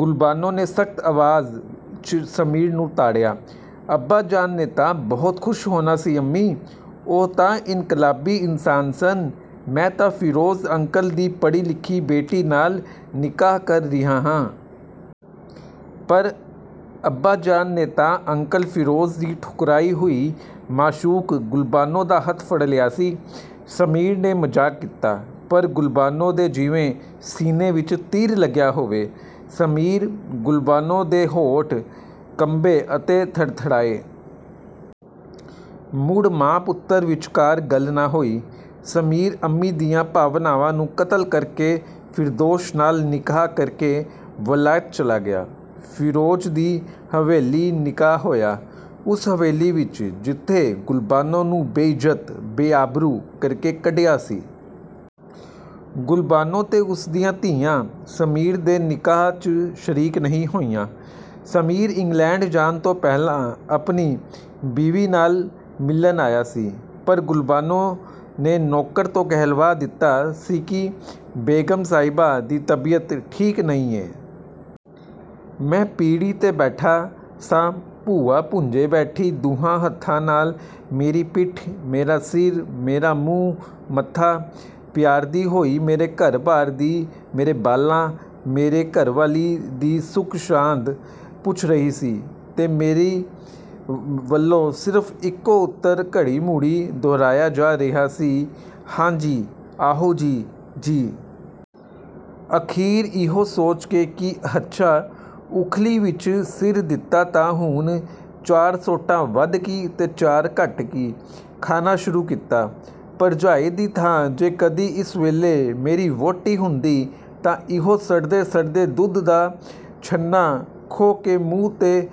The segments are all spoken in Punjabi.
ਗੁਲਬਾਨੋ ਨੇ ਸਖਤ ਆਵਾਜ਼, ਚ' ਸਮੀਰ ਨੂੰ ਤਾੜਿਆ। "ਅੱਬਾਜਾਨ ਨੇ ਤਾਂ ਬਹੁਤ ਖੁਸ਼ ਹੋਣਾ ਸੀ ਅੰਮੀ"… ਉਹ ਤਾਂ ਇੰਨਕਲਾਬੀ ਇਨਸਾਨ ਸਨ। ਮੈਂ ਤਾਂ ਫਿਰੋਜ ਅੰਕਲ ਦੀ ਪੜ੍ਹੀ ਲਿਖੀ ਬੇਟੀ ਨਾਲ ਨਿਕਾਹ ਕਰ ਰਿਹਾਂ ਹਾਂ। ਪਰ ਅੱਬਾਜਾਨ ਨੇ ਤਾਂ ਅੰਕਲ ਫਿਰੋਜ਼ ਦੀ ਠੁਕਰਾਈ ਹੋਈ ਮਾਸ਼ੂਕ ਗੁਲਬਾਨੋ ਦਾ ਹੱਥ ਫੜ ਲਿਆਂ ਸੀ। ਸਮੀਰ ਨੇ ਮਜ਼ਾਕ ਕੀਤਾ। ਪਰ ਗੁਲਬਾਨੋ ਦੇ ਜਿਵੇਂ ਸੀਨੇ ਵਿੱਚ ਤੀਰ ਲੱਗਿਆ ਹੋਵੇ। "ਸਮੀਰ"… ਗੁਲਬਾਨੋ ਦੇ ਹੋਂਠ ਕੰਬੇ ਅਤੇ ਥਰਥਰਾਏ। ਮੁੜ, ਮਾਂ-ਪੁੱਤਰ ਵਿੱਚਕਾਰ ਗੱਲ ਨਾ ਹੋਈ। ਸਮੀਰ, ਅੰਮੀ ਦੀਆਂ ਭਾਵਨਾਵਾਂ ਨੂੰ ਕਤਲ ਕਰਕੇ ਫਿਰਦੌਸ਼ ਨਾਲ ਨਿਕਾਹ ਕਰਕੇ ਵਲਾਇਤ ਚਲਾ ਗਿਆ। ਫਿਰੋਜ਼ ਦੀ ਹਵੇਲੀ ਨਿਕਾਹ ਹੋਇਆ। ਉਸ ਹਵੇਲੀ ਵਿੱਚ ਜਿਥੋਂ ਗਲਬਾਨੋ ਨੂੰ ਬੇਇੱਜ਼ਤ, ਬੇਆਬਰੂ ਕਰਕੇ ਕੱਢਿਆ ਸੀ। ਗੁਲਬਾਨੋ ਤੇ ਉਸ ਦੀਆਂ ਧੀਆਂ ਸਮੀਰ ਦੇ ਨਿਕਾਹ, ਚ'ਸ਼ਰੀਕ ਨਹੀ ਹੋਈਆ। ਸਮੀਰ ਇੰਗਲੈਂਡ ਜਾਣ ਤੋਂ ਪਹਿਲਾਂ ਆਪਣੀ ਬੀਵੀ ਨਾਲ ਮਿਲਣ ਆਇਆ ਸੀ। ਪਰ ਗੁਲਬਾਨੋ ਨੇ ਨੌਕਰ ਤੋਂ ਕਹਿਲਵਾ ਦਿਤਾ ਸੀ ਕਿ ਬੇਗ਼ਮ ਸਾਹਿਬਾਂ ਦੀ ਤਬੀਅਤ ਠੀਕ ਨਹੀ ਏਂ। ਮੈਂ ਪੀਹੜੀ 'ਤੇ ਬੈਠਾ ਸਾਂ, ਭੂਆ ਭੁੰਜੇ ਬੈਠੀ ਦੁਹਾਂ ਹੱਥਾਂ ਨਾਲ ਮੇਰੀ ਪਿੱਠ, ਮੇਰਾ ਸਿਰ, ਮੇਰਾ ਮੂੰਹ ਮੱਥਾ ਪਿਆਰਦੀ ਹੋਈ ਮੇਰੇ ਘਰ ਬਾਰ ਦੀ, ਮੇਰੇ ਬਾਲਾਂ, ਮੇਰੀ ਘਰ ਵਾਲੀ ਦੀ ਸੁਖ ਸਾਂਦ ਪੁੱਛ ਰਹੀ ਸੀ ਤੇ ਮੇਰੀ ਵੱਲੋਂ ਸਿਰਫ ਇਕੋ ਉਤਰ ਘੜੀ ਮੁੜੀ ਦੁਹਰਾਇਆ ਜਾ ਰਿਹਾ ਸੀ, "ਹਾਂ ਜੀ, ਆਹੋ ਜੀ, ਜੀ। " ਅਖੀਰ ਇਹੋ ਸੋਚ ਕੇ ਕਿ ਹੱਛਾ, ਉਖਲੀ ਵਿਚ ਸਿਰ ਦਿੱਤਾ ਤਾਂ ਹੁਣ ਚਾਰ ਸੱਟਾਂ ਵੱਧ ਕੀ, ਤੇ ਚਾਰ ਘੱਟ ਕੀ, ਖਾਣਾ ਸ਼ੁਰੂ ਕੀਤਾ। ਭਰਜਾਈ ਦੀ ਥਾਂ ਜੇ ਕਦੇ ਇਸ ਵੇਲੇ ਮੇਰੀ ਵਹੁਟੀ ਹੁੰਦੀ ਤਾਂ ਇਹੋ ਸੜਦੇ ਸੜਦੇ ਦੁੱਧ ਦਾ ਛੰਨਾ ਖੋਹ ਕੇ ਮੂੰਹ ਤੇ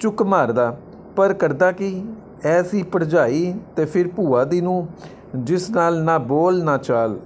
ਚੁੱਕ ਮਾਰਦਾ, ਪਰ ਕਰਦਾ ਕੀ, ਇਹ ਸੀ ਭਰਜਾਈ ਤੇ ਫਿਰ ਭੂਆ ਦੀ ਨੂੰਹ ਜਿਸ ਨਾਲ ਨਾ ਬੋਲ ਨਾ ਚਾਲ।